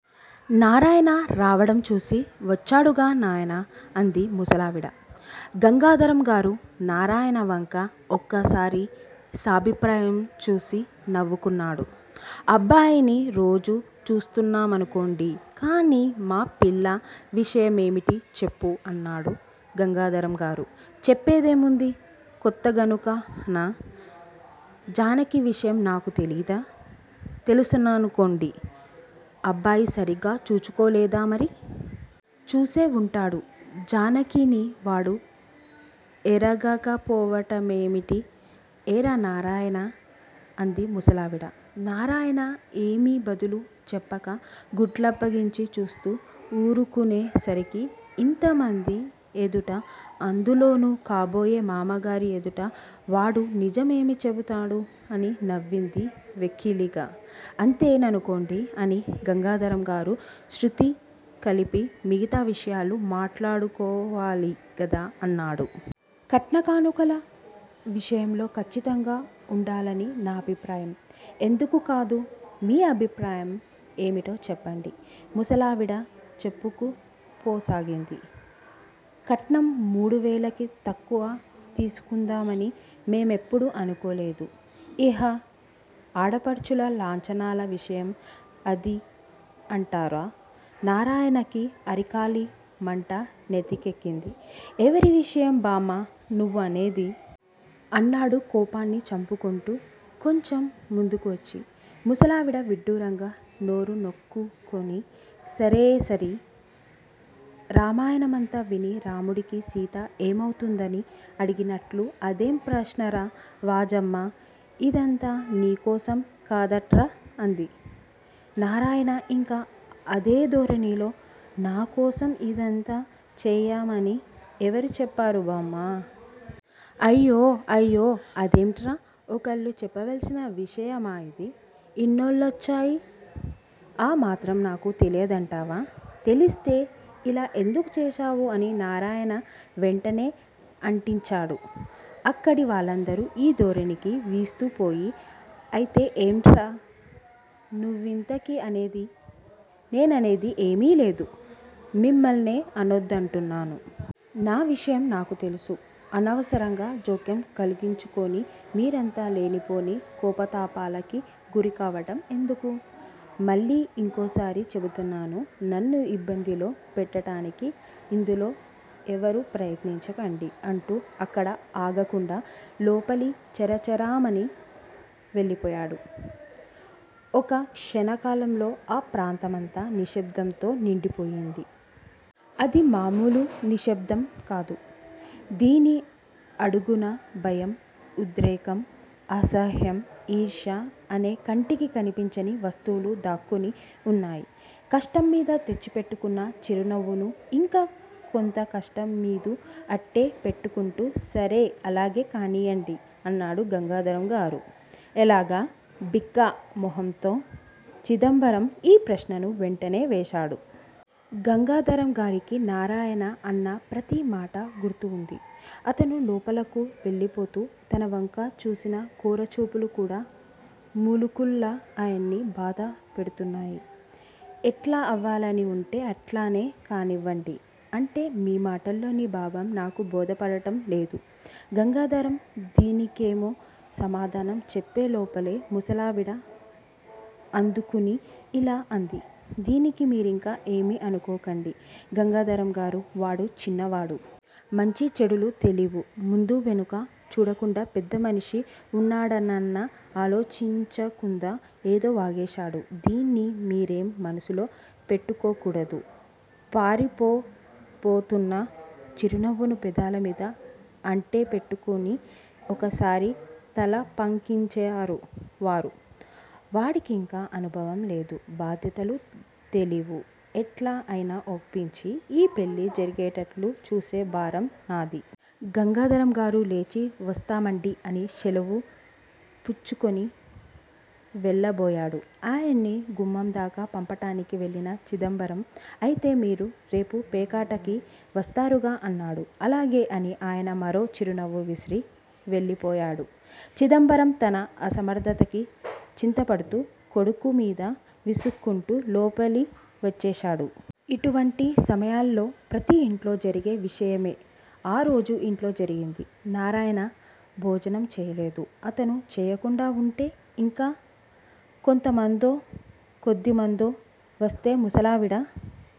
నారాయణ రావడంచూసి వచ్చాడుగా నాయనా అంది ముసలావిడ. గంగాధరంగారు నారాయణ వంక ఒకసారి సాభిప్రాయం చూసి నవ్వుకున్నాడు. అబ్బాయిని రోజూ చూస్తున్నామనుకోండి. కానీ మా పిల్ల విషయమేమిటి చెప్పు? అన్నాడు గంగాధరంగారు. చెప్పేదేముంది, కొత్తగనుకనా? జానకి విషయం నాకు తెలీయదా తెలుసుననుకోండి. అబ్బాయి సరిగ్గా చూచుకోలేదా మరి? చూసేవుంటాడు, జానకిని వాడు ఎరగకపోవటమేమిటి? ఏరా నారాయణా? అంది ముసలావిడ. నారాయణ ఏమీ బదులు చెప్పక గుడ్లప్పగించి చూస్తూ వూరుకునే సరికి ఇంతమంది ఎదుట అందులోనూ కాబోయే మామగారి ఎదుట వాడు నిజం ఏమి చెబుతాడు? అని నవ్వింది వెక్కిలిగా. అంతే ననుకోండి అని గంగాధరంగారు శ్రుతికలిపి మిగతా విషయాలు మాట్లాడుకోవాలిగదా అన్నాడు. కట్నం కానుకల విషయంలో ఖచ్చితంగా వుండాలని నా అభిప్రాయం. ఎందుకు కాదూ! మీ అభిప్రాయం ఏమిటో చెప్పండి? ముసలావిడ చెప్పుకుపోసాగింది కట్నం మూడువేలకి తక్కువ తీసుకుందామని మేమెప్పుడూ అనుకోలేదు. ఇహ ఆడపడుచుల లాంఛనాల విషయం అదీ అంటారా? నారాయణకి అరికాలిమంట నెత్తికెక్కింది, ఎవరి విషయం బామ్మా నువ్వు అనేది? అన్నాడు కోపాన్ని చంపుకొంటూ కొంచెం ముందుకువచ్చి. ముసలావిడ విడ్డూరంగా నోరు నొక్కుకుని సరేసరి, రామాయణమంతా విని రాముడికి సీత ఏమవుతుందని అడిగినట్లు అదేం ప్రశ్నరా వాజమ్మా! ఇదంతా నీకోసం కదాట్రా? అంది. నారాయణ ఇంకా అదే ధోరణిలో నాకోసం ఇదంతా చేయమని ఎవరు చెప్పారు బామ్మా? అయ్యొ, అయ్యొ! అదేమిట్రా! ఒకళ్ళు చెప్పవలసిన విషయమా ఇది! ఇన్నేళ్ళొచ్చాయి, ఆ మాత్రం నాకు తెలియదంటావా? తెలిస్తే ఇలా ఎందుకు చేశావు అని నారాయణ వెంటనే అంటించాడు. అక్కడి వాళ్ళందరూ ఈ ధోరణికి విస్తుపోయి, అయితే ఏట్రా నువ్వింతకీ అనేది? నేననేది ఏమీ లేదు. మిమ్మల్నే అనొద్దంటున్నాను. నా విషయం నాకు తెలుసు. అనవసరంగా జోక్యం కలిగించుకొని మీరంతా లేనిపోని కోపతాపాలకి గురికావటం ఎందుకు? మళ్ళీ ఇంకోసారి చెబుతున్నాను. నన్ను యిబ్బందిలో పెట్టటానికి యిందులో ఎవరూ ప్రయత్నించకండి అంటూ అక్కడ ఆగకుండా లోపలి చర చరమని వెళ్ళిపోయాడు. ఒక క్షణకాలంలో ఆ ప్రదేశమంతా నిశ్శబ్దంతో నిండిపోయింది. అదీ మామూలు నిశ్శబ్దం కాదు. దీని అడుగున భయం, ఉద్రేకం, అసహ్యం, యీర్ష్య అనే కంటికి కనిపించని వస్తువులు దాక్కుని వున్నాయి. కష్టంమీద తెచ్చిపెట్టుకున్న చిరునవ్వును ఇంకా కొంత కష్టంమీదు అట్టే పెట్టుకుంటూ సరే అలాగే కానియ్యండి అన్నాడు గంగాధరంగారు. ఎలాగ? బిక్క మొహంతో చిదంబరం యీ ప్రశ్నను వెంటనే వేశాడు. గంగాధరంగారికి నారాయణ అన్న ప్రతిమాటా గుర్తువుంది. అతను లోపలకు వెళ్ళిపోతూ తనవంక చూసిన కోరచూపులు కూడా ములుకుల్లా ఆయన్ని బాధపెడుతున్నాయి. ఎట్లా అవ్వాలని వుంటే అట్లానే కానివ్వండి. అంటే మీ మాటల్లోని భావం నాకు బోధపడటం లేదు. గంగాధరం దీనికేమో సమాధానం చెప్పేలోపలే ముసలావిడ అందుకుని యిలా అంది: దీనికి మీరింకా ఏమీ అనుకోకండి గంగాధరంగారు, వాడు చిన్నవాడు. మంచి చెడులు తెలీయవు. ముందూ వెనకా చూడకుండా పెద్దమనిషి వున్నాడనన్నా ఆలోచించకుందా ఏదో వాగేశాడు. దీన్ని మీరేం మనసులో పెట్టుకోకూడదు. పారిపోబోతున్న చిరునవ్వును పెదాలమీద అట్టేపెట్టుకుని ఒకసారి తలపంకించారు వారు. వాడికింకా అనుభవంలేదు. బాధ్యతలు తెలీవు. ఎట్లా అయినా ఒప్పించి, ఈ పెళ్ళి జరిగేటట్లు చూసే భారం నాది. గంగాధరంగారు లేచి వస్తామండి అని శెలవు పుచ్చుకొని వెళ్ళబోయాడు. ఆయన్ని గుమ్మందాకా పంపటానికి వెళ్ళిన చిదంబరం అయితే మీరు రేపు పేకాటకి వస్తారుగా అన్నాడు. అలాగే అని ఆయన మరో చిరునవ్వు విసిరి వెళ్ళిపోయాడు. చిదంబరం తన అసమర్ధతకి చింతపడుతూ, కొడుకుమీద విసుక్కుంటూ లోపలి వచ్చేశాడు. ఇటువంటి సమయాల్లో ప్రతి యింట్లో జరిగే విషయమే ఆరోజు ఇంట్లో జరిగింది. నారాయణ భోజనం చేయలేదు. అతను చేయకుండా వుంటే ఇంకా కొంతమందో, కొద్దిమందో వస్తే ముసలావిడ